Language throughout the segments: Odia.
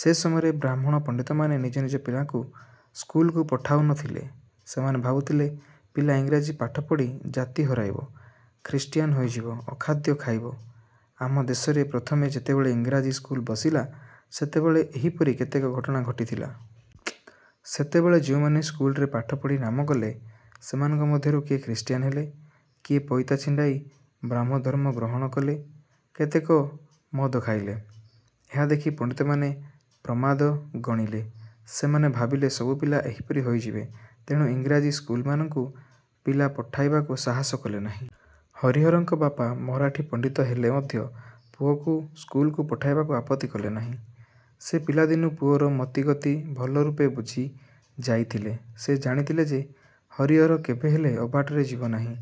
ସେ ସମୟରେ ବ୍ରାହ୍ମଣ ପଣ୍ଡିତମାନେ ନିଜ ନିଜ ପିଲାଙ୍କୁ ସ୍କୁଲକୁ ପଠାଉ ନ ଥିଲେ। ସେମାନେ ଭାବୁଥିଲେ ପିଲା ଇଂରାଜୀ ପାଠ ପଢ଼ି ଜାତି ହରାଇବ ଖ୍ରୀଷ୍ଟିୟାନ ହୋଇଯିବ ଅଖାଦ୍ୟ ଖାଇବ। ଆମ ଦେଶରେ ପ୍ରଥମେ ଯେତେବେଳେ ଇଂରାଜୀ ସ୍କୁଲ ବସିଲା ସେତେବେଳେ ଏହିପରି କେତେକ ଘଟଣା ଘଟିଥିଲା। ସେତେବେଳେ ଯେଉଁମାନେ ସ୍କୁଲରେ ପାଠ ପଢ଼ି ନାମ କଲେ ସେମାନଙ୍କ ମଧ୍ୟରୁ କିଏ ଖ୍ରୀଷ୍ଟିୟାନ ହେଲେ କିଏ ପଇତା ଛିଣ୍ଡାଇ ବ୍ରାହ୍ମଧର୍ମ ଗ୍ରହଣ କଲେ କେତେକ ମଦ ଖାଇଲେ। ଏହା ଦେଖି ପଣ୍ଡିତମାନେ ପ୍ରମାଦ ଗଣିଲେ। ସେମାନେ ଭାବିଲେ ସବୁ ପିଲା ଏହିପରି ହୋଇଯିବେ। ତେଣୁ ଇଂରାଜୀ ସ୍କୁଲମାନଙ୍କୁ ପିଲା ପଠାଇବାକୁ ସାହସ କଲେ ନାହିଁ। ହରିହରଙ୍କ ବାପା ମରାଠୀ ପଣ୍ଡିତ ହେଲେ ମଧ୍ୟ ପୁଅକୁ ସ୍କୁଲକୁ ପଠାଇବାକୁ ଆପତ୍ତି କଲେ ନାହିଁ। ସେ ପିଲାଦିନୁ ପୁଅର ମତିଗତି ଭଲରୂପେ ବୁଝିଯାଇଥିଲେ। ସେ ଜାଣିଥିଲେ ଯେ ହରିହର କେବେହେଲେ ଅବାଟରେ ଯିବ ନାହିଁ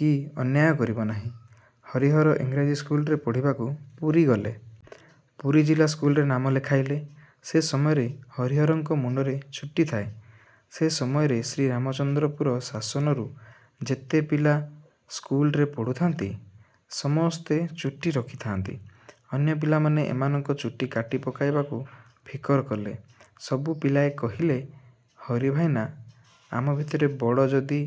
କି ଅନ୍ୟାୟ କରିବ ନାହିଁ। ହରିହର ଇଂରାଜୀ ସ୍କୁଲରେ ପଢ଼ିବାକୁ ପୁରୀ ଗଲେ। ପୁରୀ ଜିଲ୍ଲା ସ୍କୁଲରେ ନାମ ଲେଖାଇଲେ। ସେ ସମୟରେ ହରିହରଙ୍କ ମୁଣ୍ଡରେ ଚୁଟି ଥାଏ। ସେ ସମୟରେ ଶ୍ରୀରାମଚନ୍ଦ୍ରପୁର ଶାସନରୁ ଯେତେ ପିଲା ସ୍କୁଲରେ ପଢ଼ୁଥାନ୍ତି ସମସ୍ତେ ଚୁଟି ରଖିଥାଆନ୍ତି। ଅନ୍ୟ ପିଲାମାନେ ଏମାନଙ୍କ ଚୁଟି କାଟି ପକାଇବାକୁ ଫିକର କଲେ। ସବୁ ପିଲାଏ କହିଲେ ହରି ଭାଇନା ଆମ ଭିତରେ ବଡ଼ ଯଦି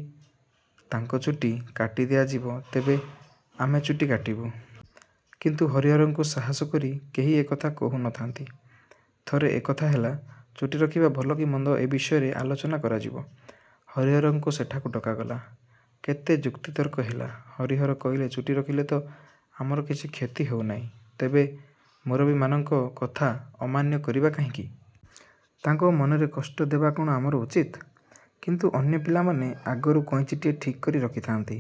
ତାଙ୍କ ଚୁଟି କାଟି ଦିଆଯିବ ତେବେ ଆମେ ଚୁଟି କାଟିବୁ। କିନ୍ତୁ ହରିହରଙ୍କୁ ସାହସ କରି କେହି ଏ କଥା କହୁ ନ ଥାନ୍ତି। ଥରେ କଥା ହେଲା ଚୁଟି ରଖିବା ଭଲ କି ମନ୍ଦ ଏ ବିଷୟରେ ଆଲୋଚନା କରାଯିବ। ହରିହରଙ୍କୁ ସେଠାକୁ ଡକାଗଲା। କେତେ ଯୁକ୍ତିତର୍କ ହେଲା। ହରିହର କହିଲେ ଚୁଟି ରଖିଲେ ତ ଆମର କିଛି କ୍ଷତି ହେଉ ନାହିଁ ତେବେ ମୁରବିମାନଙ୍କ କଥା ଅମାନ୍ୟ କରିବା କାହିଁକି? ତାଙ୍କ ମନରେ କଷ୍ଟ ଦେବା କ’ଣ ଆମର ଉଚିତ୍? କିନ୍ତୁ ଅନ୍ୟ ପିଲାମାନେ ଆଗରୁ କଇଞ୍ଚିଟିଏ ଠିକ୍ କରି ରଖିଥାଆନ୍ତି।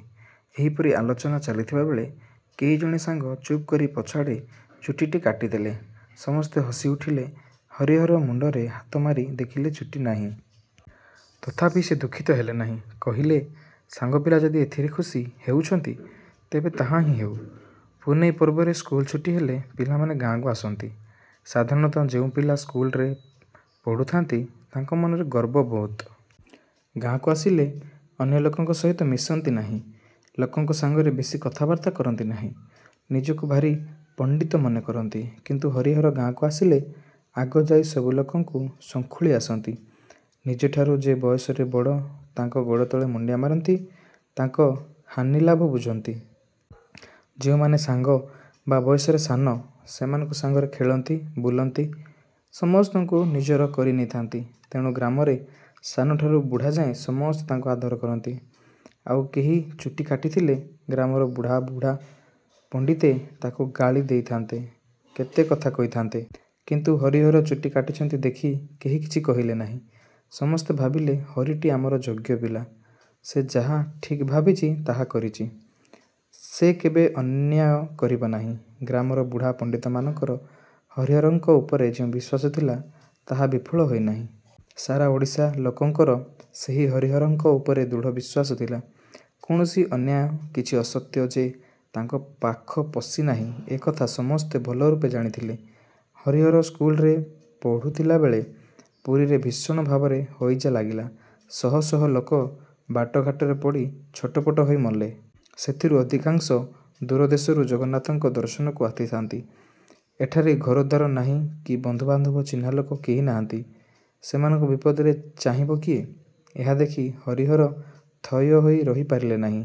ଏହିପରି ଆଲୋଚନା ଚାଲିଥିବାବେଳେ କେହି ଜଣେ ସାଙ୍ଗ ଚୁପ୍ କରି ପଛଆଡ଼େ ଚୁଟିଟି କାଟିଦେଲେ। ସମସ୍ତେ ହସିଉଠିଲେ। ହରିହର ମୁଣ୍ଡରେ ହାତମାରି ଦେଖିଲେ ଚୁଟି ନାହିଁ। ତଥାପି ସେ ଦୁଃଖିତ ହେଲେ ନାହିଁ। କହିଲେ ସାଙ୍ଗ ପିଲା ଯଦି ଏଥିରେ ଖୁସି ହେଉଛନ୍ତି ତେବେ ତାହା ହିଁ ହେଉ। ପୁନେଇ ପର୍ବରେ ସ୍କୁଲ ଛୁଟି ହେଲେ ପିଲାମାନେ ଗାଁକୁ ଆସନ୍ତି। ସାଧାରଣତଃ ଯେଉଁ ପିଲା ସ୍କୁଲରେ ପଢ଼ୁଥାଆନ୍ତି ତାଙ୍କ ମନରେ ଗର୍ବ ବହୁତ। ଗାଁକୁ ଆସିଲେ ଅନ୍ୟ ଲୋକଙ୍କ ସହିତ ମିଶନ୍ତି ନାହିଁ। ଲୋକଙ୍କ ସାଙ୍ଗରେ ବେଶୀ କଥାବାର୍ତ୍ତା କରନ୍ତି ନାହିଁ। ନିଜକୁ ଭାରି ପଣ୍ଡିତ ମନେକରନ୍ତି। କିନ୍ତୁ ହରିହର ଗାଁକୁ ଆସିଲେ ଆଗ ଯାଇ ସବୁ ଲୋକଙ୍କୁ ସଙ୍ଖୁଳି ଆସନ୍ତି। ନିଜଠାରୁ ଯେ ବୟସରେ ବଡ଼ ତାଙ୍କ ଗୋଡ଼ତଳେ ମୁଣ୍ଡିଆ ମାରନ୍ତି ତାଙ୍କ ହାନିଲାଭ ବୁଝନ୍ତି। ଯେଉଁମାନେ ସାଙ୍ଗ ବା ବୟସରେ ସାନ ସେମାନଙ୍କ ସାଙ୍ଗରେ ଖେଳନ୍ତି ବୁଲନ୍ତି। ସମସ୍ତଙ୍କୁ ନିଜର କରିନେଇଥାନ୍ତି। ତେଣୁ ଗ୍ରାମରେ ସାନଠାରୁ ବୁଢ଼ାଯାଏ ସମସ୍ତେ ତାଙ୍କୁ ଆଦର କରନ୍ତି। ଆଉ କେହି ଚୁଟି କାଟିଥିଲେ ଗ୍ରାମର ବୁଢ଼ା ବୁଢ଼ା ପଣ୍ଡିତେ ତାକୁ ଗାଳି ଦେଇଥାନ୍ତେ କେତେ କଥା କହିଥାନ୍ତେ। କିନ୍ତୁ ହରିହର ଚୁଟି କାଟିଛନ୍ତି ଦେଖି କେହି କିଛି କହିଲେ ନାହିଁ। ସମସ୍ତେ ଭାବିଲେ ହରିଟି ଆମର ଯୋଗ୍ୟ ପିଲା। ସେ ଯାହା ଠିକ୍ ଭାବିଛି ତା କରିଛି। ସେ କେବେ ଅନ୍ୟାୟ କରିବ ନାହିଁ। ଗ୍ରାମର ବୁଢ଼ା ପଣ୍ଡିତମାନଙ୍କର ହରିହରଙ୍କ ଉପରେ ଯେଉଁ ବିଶ୍ୱାସ ଥିଲା ତାହା ବିଫଳ ହୋଇନାହିଁ। ସାରା ଓଡ଼ିଶା ଲୋକଙ୍କର ସେହି ହରିହରଙ୍କ ଉପରେ ଦୃଢ଼ ବିଶ୍ୱାସ ଥିଲା। କୌଣସି ଅନ୍ୟାୟ କିଛି ଅସତ୍ୟ ଯେ ତାଙ୍କ ପାଖ ପଶି ନାହିଁ ଏ କଥା ସମସ୍ତେ ଭଲରୂପେ ଜାଣିଥିଲେ। ହରିହର ସ୍କୁଲରେ ପଢ଼ୁଥିଲାବେଳେ ପୁରୀରେ ଭୀଷଣ ଭାବରେ ହଇଜା ଲାଗିଲା। ଶହ ଶହ ଲୋକ ବାଟଘାଟରେ ପଡ଼ି ଛଟପଟ ହୋଇ ମଲେ। ସେଥିରୁ ଅଧିକାଂଶ ଦୂର ଦେଶରୁ ଜଗନ୍ନାଥଙ୍କ ଦର୍ଶନକୁ ଆସିଥାଆନ୍ତି। ଏଠାରେ ଘରଦ୍ୱାର ନାହିଁ କି ବନ୍ଧୁବାନ୍ଧବ ଚିହ୍ନା ଲୋକ କେହି ନାହାନ୍ତି। ସେମାନଙ୍କୁ ବିପଦରେ ଚାହିଁବ କିଏ? ଏହା ଦେଖି ହରିହର ଥୟ ହୋଇ ରହିପାରିଲେ ନାହିଁ।